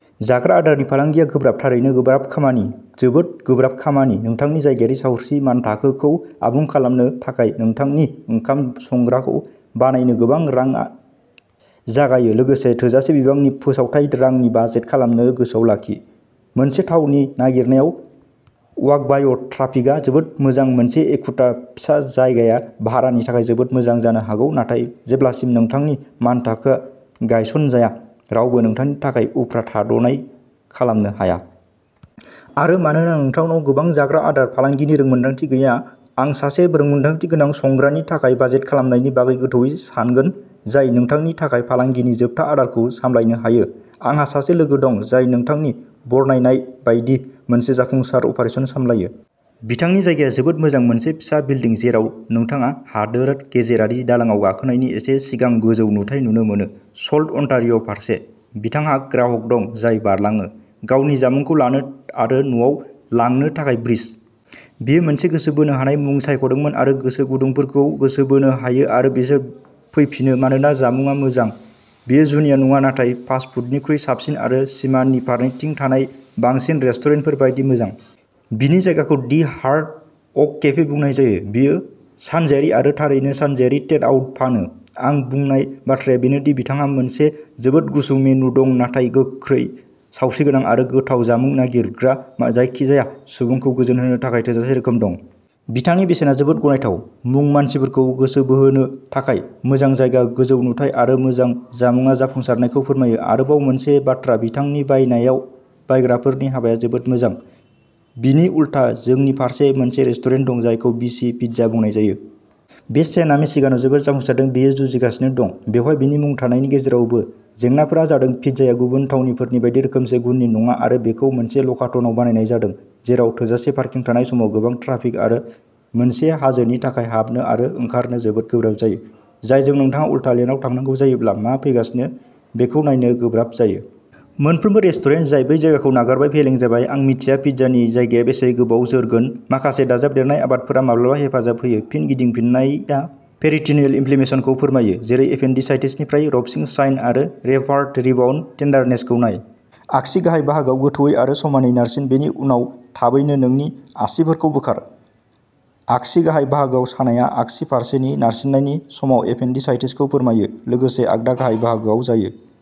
जाग्रा आदारनि फालांगिया गोब्राब। थारैनो गोबां गोब्राब खामानि, जोबोद गोब्राब खामानि नोंथांनि जायगायारि सावस्रि मानथाखोखौ आबुं खालामनो थाखाय नोंथांनि ओंखाम संग्राखौ'बानायनो'गोबां रां जागायो लोगोसे थोजासे बिबांनि फोसावथाय रांनि बाजेट खालामनो गोसोआव लाखि। मोनसे थावनि नागिरनायाव वाक-बाय' ट्राफिकआ जोबोद मोजां मोनसे एखुथा फिसा जायगाया भारानि थाखाय जोबोद मोजां जानो हागौ, नाथाय जेब्लासिम नोंथांनि मानथाखोआ गायसनजाया रावबो नोंथांनि थाखाय उफ्रा थाद'नाय खालामनो हाया। आरो मानोना नोंथांनाव गोबां जाग्रा आदार फालांगिनि रोंमोनदांथि गैया आं सासे रोंमोनदांथिगोनां संग्रानि थाखाय बाजेट खालामनायनि बागै गोथौवै सानगोन जाय नोंथांनि थाखाय फालांगिनि जोबथा आदारखौ सामलायनो हायो। आंहा सासे लोगो दं जाय नोंथांनि बरनायनाय बायदि मोनसे जाफुंसार अपारेसन सालायो। बिथांनि जायगाया जोबोद मोजां, मोनसे फिसा बिल्डिं जेराव नोंथाङा हादोर गेजेरारि दालांआव गाखोनायनि एसे सिगां गोजौ नुथाय नुनो मोनो, सल्ट अन्टारिय' फारसे। बिथांहा ग्राहक दं जाय बारलाङो। गावनि जामुंखौ लानो आरो न'आव लांनो थाखाय ब्रिज। बियो मोनसे गोसो बोनो हानाय मुं सायख'दोंमोन जाय गोसोगुदुंफोरखौ गोसो बोनो हायो, आरो बिसोर फैफिनो मानोना जामुंआ मोजां। बेयो जुनिया नङा, नाथाय फास्ट फुडनिख्रुइ साबसिन आरो सिमानि फारनैथिंबो थानाय बांसिन रेस्टुरेन्टफोर बायदि मोजां। बिनि जायगाखौ दि हार्ड वक केफे बुंनाय जायो। बियो सानजायारि आरो थारैनो सानजाआरि टेक आउट फानो। आं बुंनाय बाथ्राया बेनो दि बिथांहा मोनसे जोबोद गुसुं मेनु दं नाथाय गोख्रै, सावस्रिगोनां आरो गोथाव जामुं नागिरग्रा जायखिजाया सुबुंखौ गोजोनहोनो थाखाय थोजासे रोखोम दं। बिथांनि बेसेना जोबोद गनायथाव। मुं मानसिफोरखौ गोसो बोहोनो थाखाय, मोजां जायगा, गोजौ नुथाइ, आरो मोजां जामुंआ जाफुंसारनायखौ फोरमायो। आरोबाव मोनसे बाथ्रा, बिथांनि बायनायाव बायग्राफोरनि हाबाया जोबोद मोजां। बिनि उलथा, जोंनि फारसे मोनसे रेस्टुरेन्ट दं जायखौ बि सि पिज्जा बुंनाय जायो। बे चेनआ मिशिगानआव जोबोद जाफुंसारदों। बेयो जुजिगासिनो दं। बेवहाय बेनि मुं थानायनि गेजेरावबो। जेंनाफोरा जादों दि पिज्जाया गुबुन थावनिफोरनि बायदि रोखोमसे गुननि नङा आरो बेखौ मोनसे लकाटनआव बानायनाय जादों जेराव थोजासे पार्किं थानाय समाव गोबां ट्राफिक आरो मोनसे हाजोनि थाखाय हाबनो आरो ओंखारनो जोबोद गोब्राब जायो, जायजों नोंथाङा उलथा लेनआव थांनांगौ जायोब्ला मा फैगासिनो बेखौ नायनो गोब्राब जायो। मोनफ्रोमबो रेस्टुरेन्ट जाय बै जायगाखौ नाजाबाय, फेलें जाबाय। आं मिथिया पिज्जानि जायगाया बेसे गोबाव जोरगोन। माखासे दाजाबदेरनाय आदबफोरा माब्लाबा हेफाजाब होयो। फिन गिदिंफिननाया पेरिट'नियेल इनफ्लेमेशनखौ फोरमायो, जेरै एपेन्डिसाइटिसनिफ्राय। र'भसिं साइन आरो रेफार्ड रिबाउन्ड टेन्डारनेसखौ नाय। आगसि गाहाय बाहागोआव गोथौवै आरो समानयै नारसिन। बेनि उनाव थाबैनो नोंनि आसिफोरखौ बोखार। आगसि गाहाय बाहागोआव सानायआ आगसि फारसेनि नारसिननायनि समाव एपेन्डिसाइटिसखौ फोरमायो। लोगोसे आगदा गाहाय बाहागोआवबो जायो।